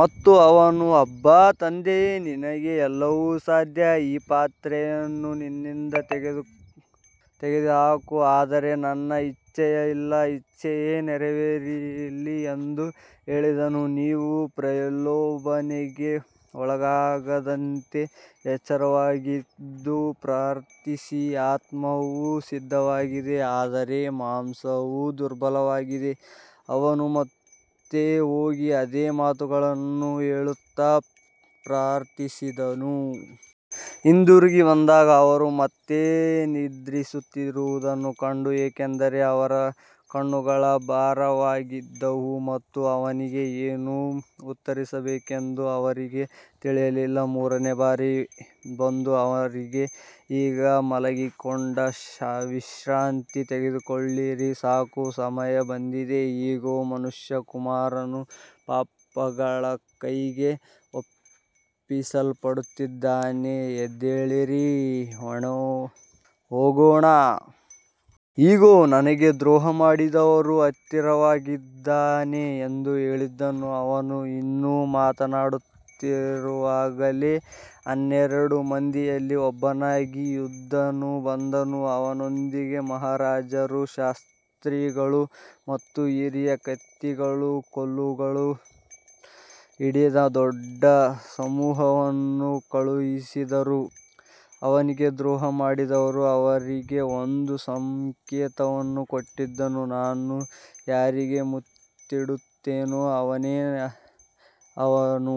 ಮತ್ತು ಅವನು, ಅಬ್ಬಾ ತಂದೆಯೇ, ನಿನಗೆ ಎಲ್ಲವೂ ಸಾಧ್ಯ. ಈ ಪಾತ್ರೆಯನ್ನು ನನ್ನಿಂದ ತೆಗೆದುಹಾಕು. ಆದರೆ ನನ್ನ ಇಚ್ಛೆಯಲ್ಲ, ನಿನ್ನ ಇಚ್ಛೆಯೇ ನೆರವೇರಲಿ ಎಂದು ಹೇಳಿದನು. ನೀವು ಪ್ರಲೋಭನೆಗೆ ಒಳಗಾಗದಂತೆ ಎಚ್ಚರವಾಗಿದ್ದು ಪ್ರಾರ್ಥಿಸಿರಿ. ಆತ್ಮವು ಸಿದ್ಧವಾಗಿದೆ, ಆದರೆ ಮಾಂಸವು ದುರ್ಬಲವಾಗಿದೆ. ಅವನು ಮತ್ತೆ ಹೋಗಿ ಅದೇ ಮಾತುಗಳನ್ನು ಹೇಳುತ್ತಾ ಪ್ರಾರ್ಥಿಸಿದನು. ಹಿಂದಿರುಗಿ ಬಂದಾಗ ಅವರು ಮತ್ತೆ ನಿದ್ರಿಸುತ್ತಿರುವುದನ್ನು ಕಂಡನು, ಏಕೆಂದರೆ ಅವರ ಕಣ್ಣುಗಳು ಭಾರವಾಗಿದ್ದವು ಮತ್ತು ಅವನಿಗೆ ಏನು ಉತ್ತರಿಸಬೇಕೆಂದು ಅವರಿಗೆ ತಿಳಿಯಲಿಲ್ಲ. ಮೂರನೆಯ ಬಾರಿ ಬಂದು ಅವರಿಗೆ, ಈಗ ಮಲಗಿಕೊಂಡು ವಿಶ್ರಾಂತಿ ತೆಗೆದುಕೊಳ್ಳಿರಿ. ಸಾಕು, ಸಮಯ ಬಂದಿದೆ. ಇಗೋ, ಮನುಷ್ಯಕುಮಾರನು ಪಾಪಿಗಳ ಕೈಗೆ ಒಪ್ಪಿಸಲ್ಪಡುತ್ತಿದ್ದಾನೆ. ಎದ್ದೇಳಿರಿ, ಹೋಗೋಣ. ಇಗೋ, ನನಗೆ ದ್ರೋಹಮಾಡುವವನು ಹತ್ತಿರವಾಗಿದ್ದಾನೆ ಎಂದು ಹೇಳಿದನು. ಅವನು ಇನ್ನೂ ಮಾತನಾಡುತ್ತಿರುವಾಗಲೇ ಹನ್ನೆರಡು ಮಂದಿಯಲ್ಲಿ ಒಬ್ಬನಾದ ಯೂದನು ಬಂದನು. ಅವನೊಂದಿಗೆ ಮಹಾಯಾಜಕರು, ಶಾಸ್ತ್ರಿಗಳು ಮತ್ತು ಹಿರಿಯರು ಕತ್ತಿಗಳೂ ಕೋಲುಗಳೂ ಹಿಡಿದ ದೊಡ್ಡ ಸಮೂಹವನ್ನು ಕಳುಹಿಸಿದ್ದರು. ಅವನಿಗೆ ದ್ರೋಹಮಾಡಿದವನು ಅವರಿಗೆ ಒಂದು ಸಂಕೇತವನ್ನು ಕೊಟ್ಟಿದ್ದನು. ನಾನು ಯಾರಿಗೆ ಮುತ್ತಿಡುತ್ತೇನೋ ಅವನೇ ಅವನು.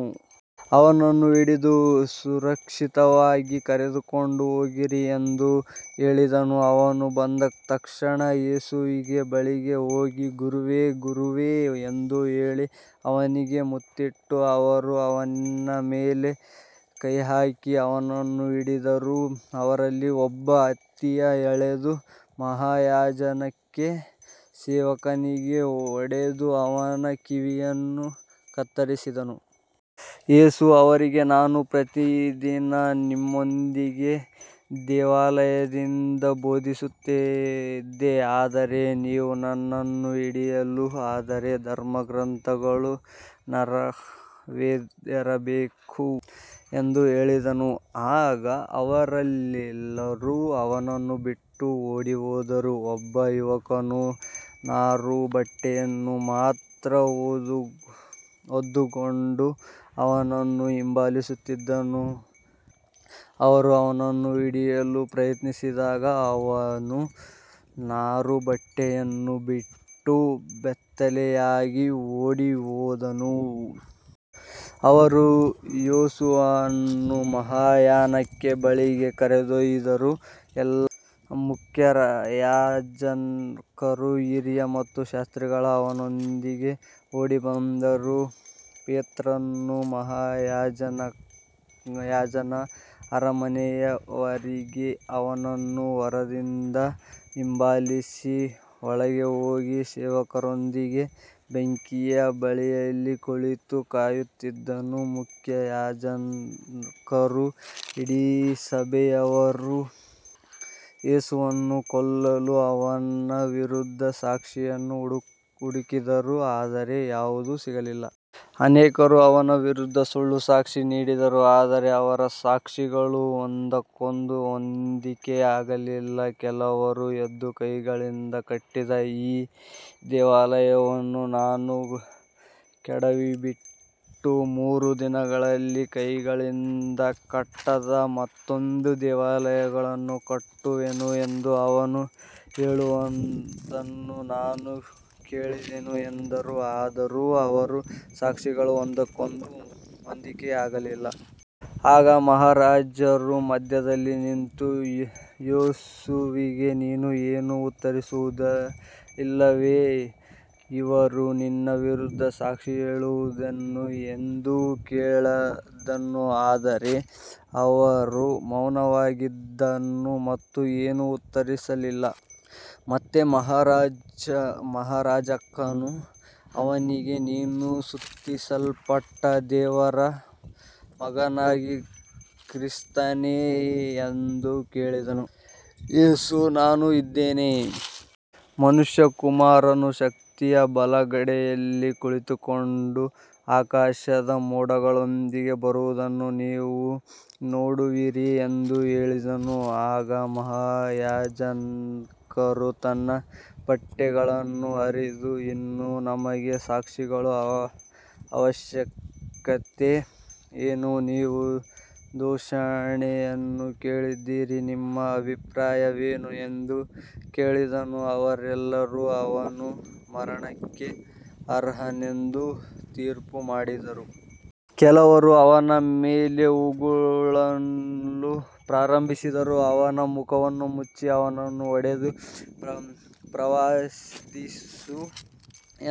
ಅವನನ್ನು ಹಿಡಿದು ಸುರಕ್ಷಿತವಾಗಿ ಕರೆದುಕೊಂಡು ಹೋಗಿರಿ ಎಂದು ಹೇಳಿದ್ದನು. ಅವನು ಬಂದ ತಕ್ಷಣ ಯೇಸುವಿನ ಬಳಿಗೆ ಹೋಗಿ, ಗುರುವೇ, ಗುರುವೇ ಎಂದು ಹೇಳಿ ಅವನಿಗೆ ಮುತ್ತಿಟ್ಟನು. ಅವರು ಅವನ ಮೇಲೆ ಕೈಹಾಕಿ ಅವನನ್ನು ಹಿಡಿದರು. ಅವರಲ್ಲಿ ಒಬ್ಬನು ಕತ್ತಿಯನ್ನು ಎಳೆದು ಮಹಾಯಾಜಕನ ಸೇವಕನಿಗೆ ಹೊಡೆದು ಅವನ ಕಿವಿಯನ್ನು ಕತ್ತರಿಸಿದನು. ಯೇಸು ಅವರಿಗೆ, ನಾನು ಪ್ರತಿದಿನ ನಿಮ್ಮೊಂದಿಗೆ ದೇವಾಲಯದಲ್ಲಿ ಬೋಧಿಸುತ್ತಿದ್ದೆ, ಆದರೆ ನೀವು ನನ್ನನ್ನು ಹಿಡಿಯಲಿಲ್ಲ. ಆದರೆ ಧರ್ಮಗ್ರಂಥಗಳು ನೆರವೇರಬೇಕು ಎಂದು ಹೇಳಿದನು. ಆಗ ಅವರೆಲ್ಲರೂ ಅವನನ್ನು ಬಿಟ್ಟು ಓಡಿಹೋದರು. ಒಬ್ಬ ಯುವಕನು ನಾರುಬಟ್ಟೆಯನ್ನು ಮಾತ್ರ ಹೊದ್ದುಕೊಂಡು ಅವನನ್ನು ಹಿಂಬಾಲಿಸುತ್ತಿದ್ದನು. ಅವರು ಅವನನ್ನು ಹಿಡಿಯಲು ಪ್ರಯತ್ನಿಸಿದಾಗ ಅವನು ನಾರುಬಟ್ಟೆಯನ್ನು ಬಿಟ್ಟು ಬೆತ್ತಲೆಯಾಗಿ ಓಡಿಹೋದನು. ಅವರು ಯೇಸುವನ್ನು ಮಹಾಯಾಜಕನ ಬಳಿಗೆ ಕರೆದೊಯ್ದರು. ಎಲ್ಲಾ ಮುಖ್ಯಯಾಜಕರು, ಹಿರಿಯರು ಮತ್ತು ಶಾಸ್ತ್ರಿಗಳು ಅವನೊಂದಿಗೆ ಕೂಡಿಬಂದರು. ಪೇತ್ರನು ಮಹಾಯಾಜಕನ ಅರಮನೆಯವರೆಗೆ ಅವನನ್ನು ದೂರದಿಂದ ಹಿಂಬಾಲಿಸಿ ಒಳಗೆ ಹೋಗಿ ಸೇವಕರೊಂದಿಗೆ ಬೆಂಕಿಯ ಬಳಿಯಲ್ಲಿ ಕುಳಿತು ಕಾಯುತ್ತಿದ್ದನು. ಮುಖ್ಯಯಾಜಕರೂ ಇಡೀ ಸಭೆಯವರೂ ಯೇಸುವನ್ನು ಕೊಲ್ಲಲು ಅವನ ವಿರುದ್ಧ ಸಾಕ್ಷಿಯನ್ನು ಹುಡುಕಿದರು, ಆದರೆ ಯಾವುದೂ ಸಿಗಲಿಲ್ಲ. ಅನೇಕರು ಅವನ ವಿರುದ್ಧ ಸುಳ್ಳು ಸಾಕ್ಷಿ ನೀಡಿದರು, ಆದರೆ ಅವರ ಸಾಕ್ಷಿಗಳು ಒಂದಕ್ಕೊಂದು ಹೊಂದಿಕೆಯಾಗಲಿಲ್ಲ. ಕೆಲವರು ಎದ್ದು, ಕೈಗಳಿಂದ ಕಟ್ಟಿದ ಈ ದೇವಾಲಯವನ್ನು ನಾನು ಕೆಡವಿಬಿಟ್ಟು, ಮೂರು ದಿನಗಳಲ್ಲಿ ಕೈಗಳಿಂದ ಕಟ್ಟದ ಮತ್ತೊಂದು ದೇವಾಲಯವನ್ನು ಕಟ್ಟುವೆನು ಎಂದು ಅವನು ಹೇಳುವುದನ್ನು ನಾವು ಕೇಳಿದ್ದೇವೆ ಎಂದರು. ಆದರೂ ಅವರ ಸಾಕ್ಷಿಗಳು ಒಂದಕ್ಕೊಂದು ಹೊಂದಿಕೆಯಾಗಲಿಲ್ಲ. ಆಗ ಮಹಾಯಾಜಕನು ಮಧ್ಯದಲ್ಲಿ ನಿಂತು ಯೇಸುವಿಗೆ, ನೀನು ಏನೂ ಉತ್ತರಿಸುವುದಿಲ್ಲವೇ. ಇವರು ನಿನ್ನ ವಿರುದ್ಧ ಸಾಕ್ಷಿ ಹೇಳುವುದೇನು ಎಂದು ಕೇಳಿದನು. ಆದರೆ ಅವನು ಮೌನವಾಗಿದ್ದನು ಮತ್ತು ಏನೂ ಉತ್ತರಿಸಲಿಲ್ಲ. ಮತ್ತೆ ಮಹಾಯಾಜಕನು ಅವನಿಗೆ, ನೀನು ಸ್ತುತಿಸಲ್ಪಟ್ಟ ದೇವರ ಮಗನಾದ ಕ್ರಿಸ್ತನೇ ಎಂದು ಕೇಳಿದನು. ಯೇಸು, ನಾನು ಇದ್ದೇನೆ. ಮನುಷ್ಯಕುಮಾರನು ಶಕ್ತಿಯ ಬಲಗಡೆಯಲ್ಲಿ ಕುಳಿತುಕೊಂಡು ಆಕಾಶದ ಮೋಡಗಳೊಂದಿಗೆ ಬರುವುದನ್ನು ನೀವು ನೋಡುವಿರಿ ಎಂದು ಹೇಳಿದನು. ಆಗ ಮಹಾಯಾಜಕನು ತನ್ನ ಬಟ್ಟೆಗಳನ್ನು ಹರಿದು, ಇನ್ನು ನಮಗೆ ಸಾಕ್ಷಿಗಳ ಅವಶ್ಯಕತೆ ಏನು. ನೀವು ದೂಷಣೆಯನ್ನು ಕೇಳಿದ್ದೀರಿ. ನಿಮ್ಮ ಅಭಿಪ್ರಾಯವೇನು ಎಂದು ಕೇಳಿದನು. ಅವರೆಲ್ಲರೂ ಅವನು ಮರಣಕ್ಕೆ ಅರ್ಹನೆಂದು ತೀರ್ಪುಮಾಡಿದರು. ಕೆಲವರು ಅವನ ಮೇಲೆ ಉಗುಳಲು ಪ್ರಾರಂಭಿಸಿದರು. ಅವನ ಮುಖವನ್ನು ಮುಚ್ಚಿ ಅವನನ್ನು ಹೊಡೆದು, ಪ್ರವಾದಿಸು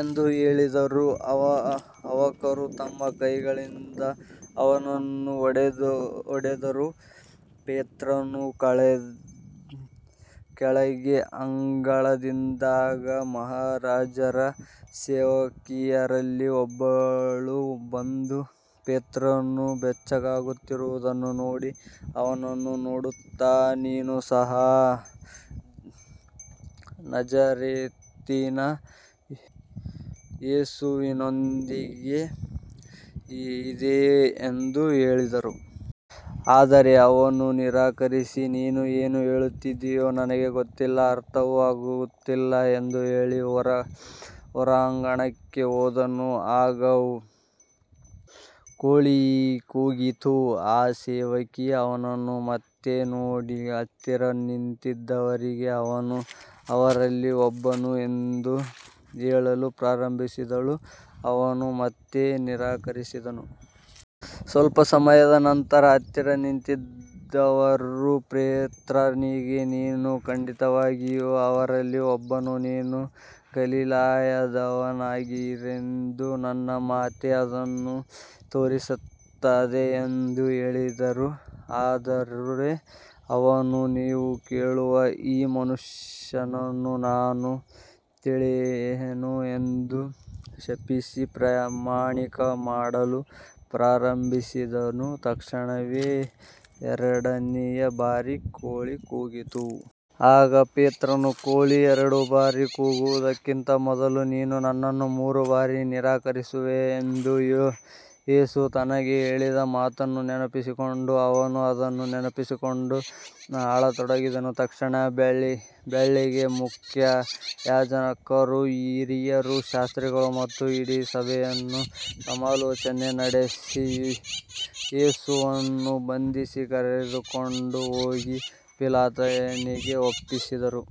ಎಂದು ಹೇಳಿದರು. ಸೇವಕರು ತಮ್ಮ ಕೈಗಳಿಂದ ಅವನನ್ನು ಹೊಡೆದರು. ಪೇತ್ರನು ಕೆಳಗೆ ಅಂಗಳದಲ್ಲಿದ್ದಾಗ ಮಹಾಯಾಜಕನ ಸೇವಕಿಯರಲ್ಲಿ ಒಬ್ಬಳು ಬಂದು ಪೇತ್ರನು ಬೆಚ್ಚಗಾಗುತ್ತಿರುವುದನ್ನು ನೋಡಿ ಅವನನ್ನು ನೋಡುತ್ತಾ, ನೀನು ಸಹ ನಜರೇತಿನ ಯೇಸುವಿನೊಂದಿಗೆ ಇದ್ದೆ ಎಂದು ಹೇಳಿದಳು. ಆದರೆ ಅವನು ನಿರಾಕರಿಸಿ, ನೀನು ಏನು ಹೇಳುತ್ತಿದ್ದೀಯೋ ನನಗೆ ಗೊತ್ತಿಲ್ಲ, ಅರ್ಥವೂ ಆಗುತ್ತಿಲ್ಲ ಎಂದು ಹೇಳಿ ಹೊರಾಂಗಣಕ್ಕೆ ಹೋದನು. ಆಗ ಕೋಳಿ ಕೂಗಿತು. ಆ ಸೇವಕಿ ಅವನನ್ನು ಮತ್ತೆ ನೋಡಿ, ಹತ್ತಿರ ನಿಂತಿದ್ದವರಿಗೆ, ಇವನು ಅವರಲ್ಲಿ ಒಬ್ಬನು ಎಂದು ಹೇಳಲು ಪ್ರಾರಂಭಿಸಿದಳು. ಅವನು ಮತ್ತೆ ನಿರಾಕರಿಸಿದನು. ಸ್ವಲ್ಪ ಸಮಯದ ನಂತರ ಹತ್ತಿರ ನಿಂತಿದ್ದವರು ಪೇತ್ರನಿಗೆ, ನೀನು ಖಂಡಿತವಾಗಿಯೂ ಅವರಲ್ಲಿ ಒಬ್ಬನು, ನೀನು ಗಲಿಲಾಯದವನಾದ್ದರಿಂದ ನಿನ್ನ ಮಾತೇ ಅದನ್ನು ತೋರಿಸುತ್ತದೆ ಎಂದು ಹೇಳಿದರು. ಆದರೆ ಅವನು, ನೀವು ಹೇಳುವ ಈ ಮನುಷ್ಯನನ್ನು ನಾನು ತಿಳಿಯೆನು ಎಂದು ಶಪಿಸಿ ಪ್ರಮಾಣಮಾಡಲು ಪ್ರಾರಂಭಿಸಿದನು. ತಕ್ಷಣವೇ ಎರಡನೆಯ ಬಾರಿ ಕೋಳಿ ಕೂಗಿತು. ಆಗ ಪೇತ್ರನು, ಕೋಳಿ ಎರಡು ಬಾರಿ ಕೂಗುವುದಕ್ಕಿಂತ ಮೊದಲು ನೀನು ನನ್ನನ್ನು ಮೂರು ಬಾರಿ ನಿರಾಕರಿಸುವೆ ಎಂದು ಯೇಸು ತನಗೆ ಹೇಳಿದ ಮಾತನ್ನು ನೆನಪಿಸಿಕೊಂಡನು. ಅವನು ಅದನ್ನು ನೆನಪಿಸಿಕೊಂಡು ಅಳತೊಡಗಿದನು. ತಕ್ಷಣ ಬೆಳಿಗ್ಗೆ ಮುಖ್ಯಯಾಜಕರು, ಹಿರಿಯರು, ಶಾಸ್ತ್ರಿಗಳು ಮತ್ತು ಇಡೀ ಸಭೆಯವರು ಸಮಾಲೋಚನೆ ನಡೆಸಿ ಯೇಸುವನ್ನು ಬಂಧಿಸಿ ಕರೆದುಕೊಂಡು ಹೋಗಿ ಪಿಲಾತನಿಗೆ ಒಪ್ಪಿಸಿದರು.